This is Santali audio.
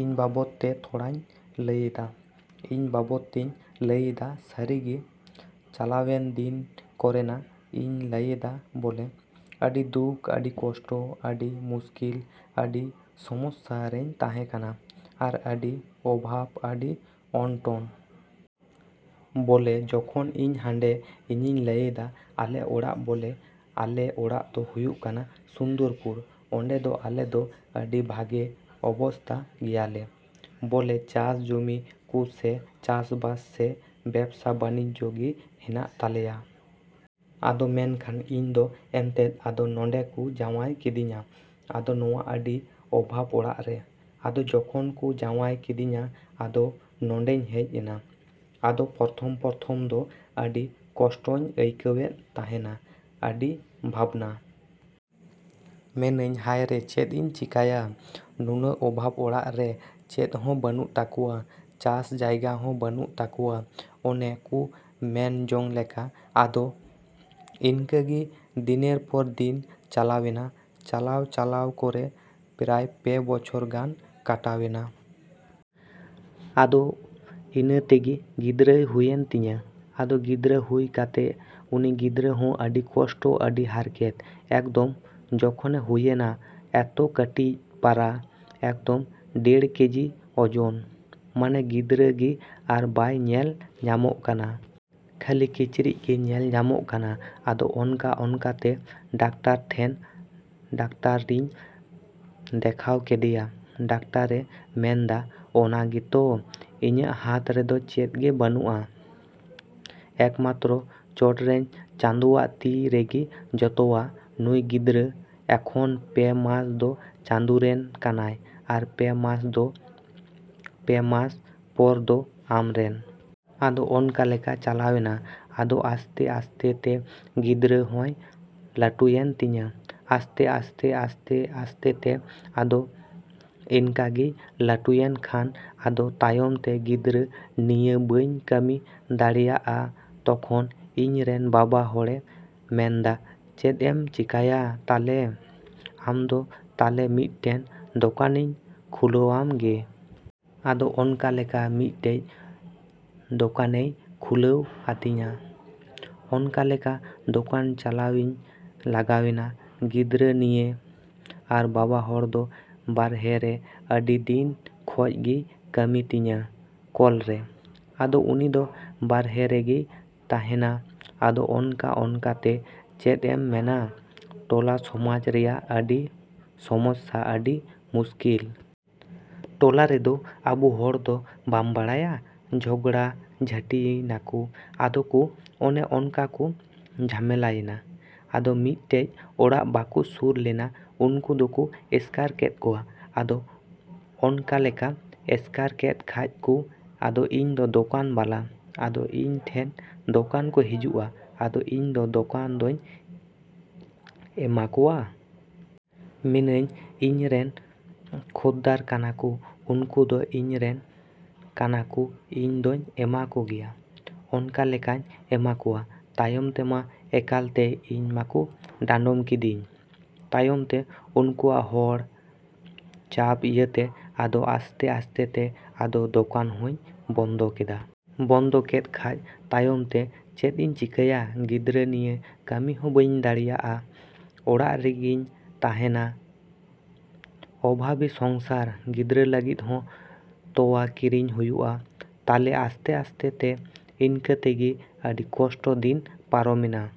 ᱤᱧ ᱵᱟᱵᱚᱫ ᱛᱮ ᱛᱷᱚᱲᱟᱧ ᱞᱟᱹᱭᱮᱫᱟ᱾ ᱤᱧ ᱵᱟᱵᱚᱫ ᱛᱤᱧ ᱞᱟᱹᱭᱮᱫᱟ ᱥᱟᱹᱨᱤ ᱜᱮ ᱪᱟᱞᱟᱣᱮᱱ ᱫᱤᱱ ᱠᱚᱨᱮᱱᱟᱜ ᱤᱧ ᱞᱟᱹᱭᱮᱫᱟ ᱵᱚᱞᱮ, ᱟᱹᱰᱤ ᱫᱩᱠ, ᱟᱹᱰᱤ ᱠᱚᱥᱴᱚ, ᱟᱹᱰᱤ ᱢᱩᱥᱠᱤᱞ, ᱟᱹᱰᱤ ᱥᱚᱢᱚᱥᱥᱟ ᱨᱮᱧ ᱛᱟᱦᱮᱸ ᱠᱟᱱᱟ᱾ ᱟᱨ ᱟᱹᱰᱤ ᱚᱵᱷᱟᱵ, ᱟᱹᱰᱤ ᱚᱱᱚᱴᱚᱱ᱾ ᱵᱚᱞᱮ ᱡᱚᱠᱷᱚᱱ ᱤᱧ ᱦᱟᱸᱰᱮ ᱤᱧᱤᱧ ᱞᱟᱹᱭᱮᱫᱟ ᱟᱞᱮ ᱚᱲᱟᱜ ᱵᱚᱞᱮ ᱟᱞᱮ ᱚᱲᱟᱜ ᱫᱚ ᱦᱩᱭᱩᱜ ᱠᱟᱱᱟ ᱥᱩᱱᱫᱚᱨᱯᱩᱨ᱾ ᱚᱸᱰᱮ ᱫᱚ ᱟᱞᱮ ᱫᱚ ᱟᱹᱰᱤ ᱵᱷᱟᱜᱮ ᱚᱵᱚᱥᱛᱟ ᱜᱮᱭᱟᱞᱮ ᱵᱚᱞᱮ ᱪᱟᱥ ᱡᱩᱢᱤ ᱠᱚ ᱥᱮ ᱪᱟᱥᱵᱟᱥ ᱥᱮ ᱵᱮᱵᱥᱟ ᱵᱟᱱᱱᱤᱡᱡᱚ ᱜᱮ ᱦᱮᱱᱟᱜ ᱛᱟᱞᱮᱭᱟ᱾ ᱟᱫᱚ ᱢᱮᱱᱠᱷᱟᱱ ᱤᱧ ᱫᱚ ᱮᱱᱛᱮᱫ ᱟᱫᱚ ᱱᱚᱸᱰᱮ ᱠᱚ ᱡᱟᱸᱣᱟᱭ ᱠᱤᱫᱤᱧᱟ᱾ ᱟᱫᱚ ᱱᱚᱶᱟ ᱟᱹᱰᱤ ᱚᱵᱷᱟᱵ ᱚᱲᱟᱜ ᱨᱮ᱾ ᱟᱫᱚ ᱡᱚᱠᱷᱚᱱ ᱠᱚ ᱡᱟᱶᱟᱭ ᱠᱤᱫᱤᱧᱟ, ᱟᱫᱚ ᱱᱚᱸᱰᱮᱧ ᱦᱮᱡ ᱮᱱᱟ᱾ ᱟᱫᱚ ᱯᱨᱚᱛᱷᱚᱢᱼᱯᱨᱚᱛᱷᱚᱢ ᱫᱚ ᱟᱹᱰᱤ ᱠᱚᱥᱴᱚᱧ ᱟᱹᱭᱠᱟᱹᱣᱮᱫ ᱛᱟᱦᱮᱱᱟ, ᱟᱹᱰᱤ ᱵᱷᱟᱵᱱᱟ᱾ ᱢᱮᱱᱟᱹᱧ ᱦᱟᱭᱨᱮ ᱪᱮᱫ ᱤᱧ ᱪᱮᱠᱟᱭᱟ, ᱱᱩᱱᱟᱹᱜ ᱚᱵᱷᱟᱵ ᱚᱲᱟᱜ ᱨᱮ ᱪᱮᱫ ᱦᱚᱸ ᱵᱟᱹᱱᱩᱜ ᱛᱟᱠᱚᱣᱟ᱾ ᱪᱟᱥ ᱡᱟᱭᱜᱟ ᱦᱚᱸ ᱵᱟᱹᱱᱩᱜ ᱛᱟᱠᱚᱣᱟ ᱚᱱᱮ ᱠᱚ ᱢᱮᱱ ᱡᱚᱝ ᱞᱮᱠᱟ᱾ ᱟᱫᱚ ᱤᱱᱠᱟᱹ ᱜᱮ ᱫᱤᱱᱮᱨ ᱯᱚᱨ ᱫᱤᱱ ᱪᱟᱞᱟᱣᱮᱱᱟ, ᱪᱟᱞᱟᱣᱼᱪᱟᱞᱟᱣ ᱠᱚᱨᱮ ᱯᱨᱟᱭ ᱯᱮ ᱵᱚᱪᱷᱚᱨ ᱜᱟᱱ ᱠᱟᱴᱟᱣᱮᱱᱟ᱾ ᱟᱫᱚ ᱤᱱᱟᱹ ᱛᱮᱜᱮ ᱜᱤᱫᱽᱨᱟᱹᱭ ᱦᱩᱭᱮᱱ ᱛᱤᱧᱟ᱾ ᱟᱫᱚ ᱜᱤᱫᱽᱨᱟᱹ ᱦᱩᱭ ᱠᱟᱛᱮ ᱩᱱᱤ ᱜᱤᱫᱽᱨᱟᱹ ᱦᱚᱸ ᱟᱹᱰᱤ ᱠᱚᱥᱴᱚ, ᱟᱹᱰᱤ ᱦᱟᱨᱠᱮᱛ᱾ ᱮᱠᱫᱚᱢ ᱡᱚᱠᱷᱚᱱᱮ ᱦᱩᱭᱮᱱᱟ ᱮᱛᱚ ᱠᱟᱹᱴᱤᱡ ᱯᱟᱨᱟ, ᱮᱠᱫᱚᱢ ᱰᱮᱲ ᱠᱮᱡᱤ ᱳᱡᱚᱱ, ᱢᱟᱱᱮ ᱜᱤᱫᱽᱨᱟᱹ ᱜᱮ ᱟᱨ ᱵᱟᱭ ᱧᱮᱞ ᱧᱟᱢᱚᱜ ᱠᱟᱱᱟ᱾ ᱠᱷᱟᱹᱞᱤ ᱠᱤᱪᱨᱤᱡ ᱜᱮ ᱧᱮᱞ ᱧᱟᱢᱚᱜ ᱠᱟᱱᱟ᱾ ᱟᱫᱚ ᱮᱱᱠᱟᱼᱮᱱᱠᱟ ᱛᱮ ᱰᱟᱠᱛᱟᱨ ᱴᱷᱮᱱ, ᱰᱟᱠᱛᱟᱨᱤᱧ ᱫᱮᱠᱷᱟᱣ ᱠᱮᱫᱮᱭᱟ᱾ ᱰᱟᱠᱛᱟᱨᱮ ᱢᱮᱱᱫᱟ, ᱚᱱᱟ ᱜᱮᱛᱚ ᱤᱧᱟᱹᱜ ᱦᱟᱛ ᱨᱮᱫᱚ ᱪᱮᱫ ᱜᱮ ᱵᱟᱱᱩᱜᱼᱟ, ᱮᱠᱢᱟᱛᱨᱚ ᱪᱚᱴᱨᱮᱱ ᱪᱟᱸᱫᱚᱣᱟᱜ ᱛᱤ ᱨᱮᱜᱮ ᱡᱚᱛᱚᱣᱟᱜ᱾ ᱱᱩᱭ ᱜᱤᱫᱽᱨᱟᱹ ᱮᱠᱷᱚᱱ ᱯᱮ ᱢᱟᱥ ᱫᱚ ᱪᱟᱸᱫᱚ ᱨᱮᱱ ᱠᱟᱱᱟᱭ ᱟᱨ ᱯᱮ ᱢᱟᱥ ᱫᱚ, ᱯᱮ ᱢᱟᱥ ᱯᱚᱨ ᱫᱚ ᱟᱢ ᱨᱮᱱ᱾ ᱟᱫᱚ ᱚᱱᱠᱟ ᱞᱮᱠᱟ ᱪᱟᱞᱟᱣᱮᱱᱟ᱾ ᱟᱫᱚ ᱟᱥᱛᱮᱼᱟᱥᱛᱮ ᱛᱮ ᱜᱤᱫᱽᱨᱟᱹ ᱦᱚᱸᱭ ᱞᱟᱴᱩᱭᱮᱱ ᱛᱤᱧᱟ᱾ ᱟᱥᱛᱮᱼᱟᱥᱛᱮᱼᱟᱥᱛᱮᱼᱟᱥᱛᱮ ᱛᱮ ᱟᱫᱚ ᱤᱱᱠᱟ ᱜᱮᱭ ᱞᱟᱴᱩᱭᱮᱱ ᱠᱷᱟᱱ ᱟᱫᱚ ᱛᱟᱭᱚᱢ ᱛᱮ ᱜᱤᱫᱽᱨᱟᱹ ᱱᱤᱭᱟᱹ ᱵᱟᱹᱧ ᱠᱟᱹᱢᱤ ᱫᱟᱲᱮᱭᱟᱜᱼᱟ ᱛᱚᱠᱷᱚᱱ ᱤᱧ ᱨᱮᱱ ᱵᱟᱵᱟ ᱦᱚᱲᱮ ᱢᱮᱱᱫᱟ ᱪᱮᱫ ᱮᱢ ᱪᱮᱠᱟᱭᱟ ᱛᱟᱞᱮ ᱟᱢᱫᱚ ᱛᱟᱞᱮ ᱢᱤᱫᱴᱮᱱ ᱫᱚᱠᱟᱱᱤᱧ ᱠᱷᱩᱞᱟᱹᱣᱟᱢ ᱜᱮ᱾ ᱟᱫᱚ ᱚᱱᱠᱟᱞᱮᱠᱟ ᱢᱤᱫᱴᱮᱡ ᱫᱚᱠᱟᱱᱮᱭ ᱠᱷᱩᱞᱟᱹᱣ ᱟᱹᱫᱤᱧᱟ᱾ ᱚᱱᱠᱟᱞᱮᱠᱟ ᱫᱚᱠᱟᱱ ᱪᱟᱞᱟᱣᱤᱧ ᱞᱟᱜᱟᱣᱮᱱᱟ ᱜᱤᱫᱽᱨᱟᱹ ᱱᱤᱭᱮ᱾ ᱟᱨ ᱵᱟᱵᱟ ᱦᱚᱲ ᱫᱚ ᱵᱟᱨᱦᱮ ᱨᱮ ᱟᱹᱰᱤ ᱫᱤᱱ ᱠᱷᱚᱡ ᱜᱮᱭ ᱠᱟᱹᱢᱤ ᱛᱤᱧᱟ ᱠᱚᱞ ᱨᱮ᱾ ᱟᱫᱚ ᱩᱱᱤᱫᱚ ᱵᱟᱨᱦᱮ ᱨᱮᱜᱮᱭ ᱛᱟᱦᱮᱸᱱᱟ᱾ ᱟᱫᱚ ᱚᱱᱠᱟᱼᱚᱱᱠᱟ ᱛᱮ ᱪᱮᱫ ᱮᱢ ᱢᱮᱱᱟ ᱴᱚᱞᱟ ᱥᱚᱢᱟᱡᱽ ᱨᱮᱭᱟᱜ ᱟᱹᱰᱤ ᱥᱚᱢᱚᱥᱥᱟ, ᱟᱹᱰᱤ ᱢᱩᱥᱠᱤᱞ᱾ ᱴᱚᱞᱟ ᱨᱮᱫᱚ ᱟᱵᱚ ᱦᱚᱲ ᱫᱚ ᱵᱟᱢ ᱵᱟᱲᱟᱭᱟ ᱡᱷᱚᱜᱽᱲᱟ ᱡᱷᱟᱹᱴᱤᱭ ᱱᱟᱠᱚ ᱟᱫᱚ ᱠᱚ ᱚᱱᱮ ᱚᱱᱠᱟ ᱠᱚ ᱡᱷᱟᱢᱮᱞᱟᱭᱮᱱᱟ᱾ ᱟᱫᱚ ᱢᱤᱫᱴᱮᱡ ᱚᱲᱟᱜ ᱵᱟᱠᱚ ᱥᱩᱨ ᱞᱮᱱᱟ ᱩᱱᱠᱩ ᱫᱚᱠᱚ ᱮᱥᱠᱟᱨ ᱠᱮᱫ ᱠᱚᱣᱟ᱾ ᱟᱫᱚ ᱚᱱᱠᱟᱞᱮᱠᱟ ᱮᱥᱠᱟᱨ ᱠᱮᱫ ᱠᱷᱟᱡ ᱠᱚ ᱟᱫᱚ ᱤᱧᱫᱚ ᱫᱚᱠᱟᱱ ᱵᱟᱞᱟ, ᱟᱫᱚ ᱤᱧ ᱴᱷᱮᱡ ᱫᱚᱠᱟᱱ ᱠᱚ ᱦᱤᱡᱩᱜᱼᱟ, ᱟᱫᱚ ᱤᱧ ᱫᱚ ᱫᱚᱠᱟᱱ ᱫᱚᱧ ᱮᱢᱟ ᱠᱚᱣᱟ᱾ ᱢᱮᱱᱟᱹᱧ ᱤᱧ ᱨᱮᱱ ᱠᱷᱚᱫᱽᱫᱟᱨ ᱠᱟᱱᱟ ᱠᱚ ᱩᱱᱠᱩ ᱫᱚ ᱤᱧ ᱨᱮᱱ ᱠᱟᱱᱟ ᱠᱚ ᱤᱧ ᱫᱩᱧ ᱮᱢᱟ ᱠᱚᱜᱮᱭᱟ᱾ ᱚᱱᱠᱟ ᱞᱮᱠᱟᱧ ᱮᱢᱟ ᱠᱚᱣᱟ᱾ ᱛᱟᱭᱚᱢ ᱛᱮᱢᱟ ᱮᱠᱟᱞ ᱛᱮ ᱤᱧ ᱢᱟᱠᱚ ᱰᱟᱸᱰᱚᱢ ᱠᱤᱫᱤᱧ᱾ ᱛᱟᱭᱚᱢ ᱛᱮ ᱩᱱᱠᱩᱣᱟᱜ ᱦᱚᱲ ᱪᱟᱯ ᱤᱭᱟᱹᱛᱮ ᱟᱫᱚ ᱟᱥᱛᱮᱼᱟᱥᱛᱮ ᱛᱮ ᱟᱫᱚ ᱫᱚᱠᱟᱱ ᱤᱧᱦᱚᱸᱧ ᱵᱚᱱᱫᱚ ᱠᱮᱫᱟ᱾ ᱵᱚᱱᱫᱚ ᱠᱮᱫ ᱠᱷᱟᱡ ᱛᱟᱭᱚᱢ ᱛᱮ ᱪᱮᱫ ᱤᱧ ᱪᱤᱠᱟᱹᱭᱟ ᱜᱤᱫᱽᱨᱟᱹ ᱱᱤᱭᱮ ᱠᱟᱹᱢᱤ ᱦᱚᱸ ᱵᱟᱹᱧ ᱫᱟᱲᱮᱭᱟᱜᱼᱟ᱾ ᱚᱲᱟᱜ ᱨᱮᱜᱮᱧ ᱛᱟᱦᱮᱸᱱᱟ ᱚᱵᱷᱟᱵᱤ ᱥᱚᱝᱥᱟᱨ, ᱜᱤᱫᱽᱨᱟᱹ ᱞᱟᱹᱜᱤᱫ ᱦᱚᱸ ᱛᱚᱣᱟ ᱠᱤᱨᱤᱧ ᱦᱩᱭᱩᱜᱼᱟ᱾ ᱛᱟᱞᱮ ᱟᱥᱛᱮᱼᱟᱥᱛᱮ ᱛᱮ ᱤᱱᱠᱟᱹ ᱛᱮᱜᱮ ᱟᱹᱰᱤ ᱠᱚᱥᱴᱚ ᱫᱤᱱ ᱯᱟᱨᱚᱢᱮᱱᱟ᱾